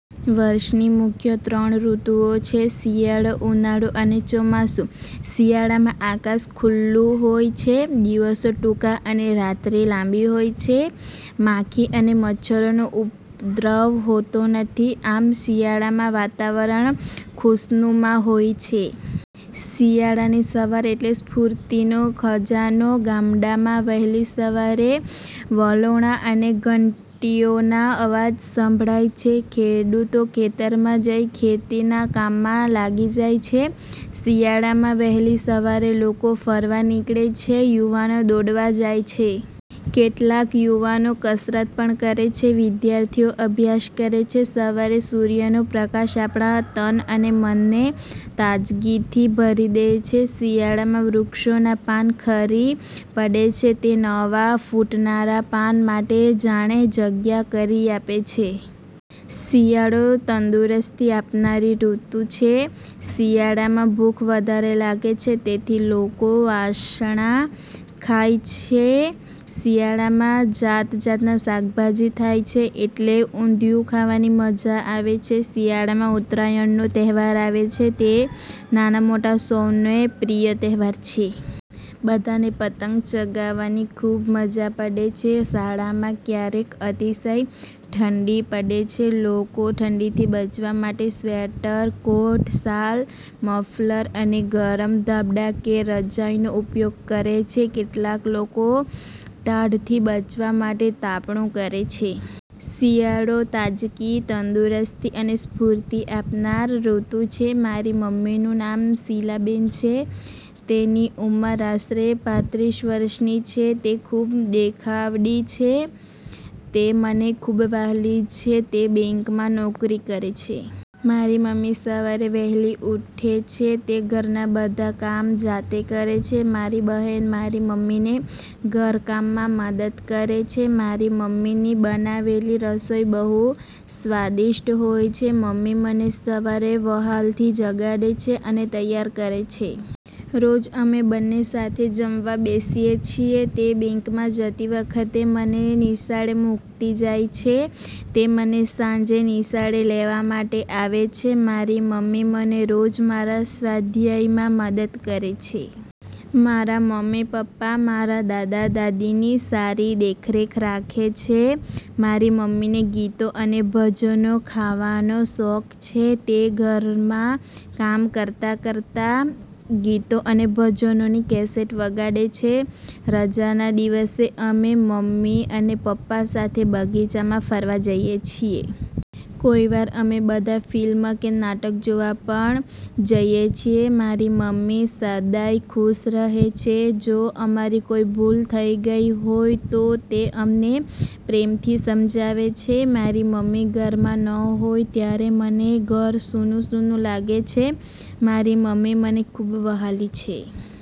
વર્ષની મુખ્ય ત્રણ ઋતુઓ છે શિયાળો ઉનાળો અને ચોમાસુ. શિયાળામાં આકાશ ચોખ્ખું હોય છે. દિવસો ટૂંકા અને રાત્રિ લાંબી હોય છે, માખી અને મચ્છરનો ઉપદ્રવ હોતો નથી. આમ, શિયાળામાં વાતાવરણ ખુશનુમા હોય છે. શિયાળાની સવાર એટલે સ્ફુર્તિનો ખજાનો. ગામડામાં વહેલી સવારે વલોણા અને ઘંટીઓના અવાજ સંભળાય છે. ખેડૂતો ખેતરમાં જઈ ખેતીના કામમાં લાગી જાય છે. શિયાળામાં વહેલી સવારે લોકો ફરવા નીકળે છે. યુવાનો દોડવા જાય છે. કેટલાક યુવાનો કસરત પણ કરે છે. વિદ્યાર્થીઓ અભ્યાસ કરે છે. સવારે સૂર્યનો પ્રકાશ આપણા તન અને મનને તાજગીથી ભરી દે છે. શિયાળામાં વૃક્ષોનાં પાન ખરી પડે છે. તે નવા ફુટનારા પાન માટે જાણે જગ્યા કરી આપે છે. શિયાળો તંદુરસ્તી આપનારી ઋતુ છે. શિયાળામાં ભૂખ વધારે લાગે છે. તેથી લોકો વસાણાં ખાય છે. શિયાળામાં જાતજાતના શાકભાજી થાય છે. એટલે ઊંધિયુ ખાવાની મજા આવે છે. શિયાળામાં ઉત્તરાયણનો તહેવાર આવે છે. તે નાના-મોટા સૌને પ્રિય તહેવાર છે. બધાને પતંગ ચગાવવાની ખૂબ મજા પડે છે. શાળામાં ક્યારેક અતિશય ઠંડી પડે છે. લોકો ઠંડીથી બચવા માટે સ્વેટર, કોટ, શાલ, મફલર અને ગરમ ધાબડા કે રજાઇનો ઉપયોગ કરે છ,. કેટલાક લોકો ટાઢથી બચવા માટે તાપણું કરે છે. શિયાળો તાજગી, તંદુરસ્તી અને સ્ફૂર્તિ આપનાર ઋતુ છે. મારી મમ્મીનું નામ શીલાબેન છે. તેની ઉંમર આશરે ૩૫ વર્ષની છે. તે ખૂબ દેખાવડી છે. તે મને ખૂબ વ્હાલ કરે છે. તે બેંકમાં નોકરી કરે છે. મારી મમ્મી સવારે વહેલી ઉઠે છે. તે ઘરના બધા કામ જાતે કરે છે. મારી બહેન મારી મમ્મીને ઘરકામમાં મદદ કરે છે. મારી મમ્મી ની બનાવેલી રસોઈ બહુ સ્વાદિષ્ટ હોય છે. મમ્મી મને સવારે વહાલથી જગાડે છે અને તૈયાર કરે છે. રોજ અમે બંને સાથે જમવા બેસીએ છીએ. તે બેંકમાં જતી વખતે મને નિશાળે મૂકતી જાય છે. તે મને સાંજે નિશાળે લેવા માટે આવે છે. મારી મમ્મી મને રોજ મારા સ્વાધ્યાયમાં મદદ કરે છે. મારા મમ્મી પપ્પા મારા દાદા-દાદી ની સારી દેખરેખ રાખે છે. મારી મમ્મીને ગીતો અને ભજનો ખાવાનો શોખ છે. તે ઘરમા કામ કરતા કરતા ગીતો અને ભજનો ની કેસેટ વગાડે છે. રજાના દિવસે અમે મમ્મી અને પપ્પા સાથે બગીચામાં ફરવા જઈએ છીએ. કોઈ વાર અમે બધા ફિલ્મ કે નાટક જોવા પણ જઈએ છીએ. મારી મમ્મી સદાય ખુશ રહે છે. જો અમારી કોઈ ભૂલ થઈ ગઈ હોય તો તે અમને પ્રેમથી સમજાવે છે. મારી મમ્મી ઘરમાં ન હોય ત્યારે મને ઘર સૂનું સૂનું લાગે છે. મારી મમ્મી મને ખૂબ વહાલી છે.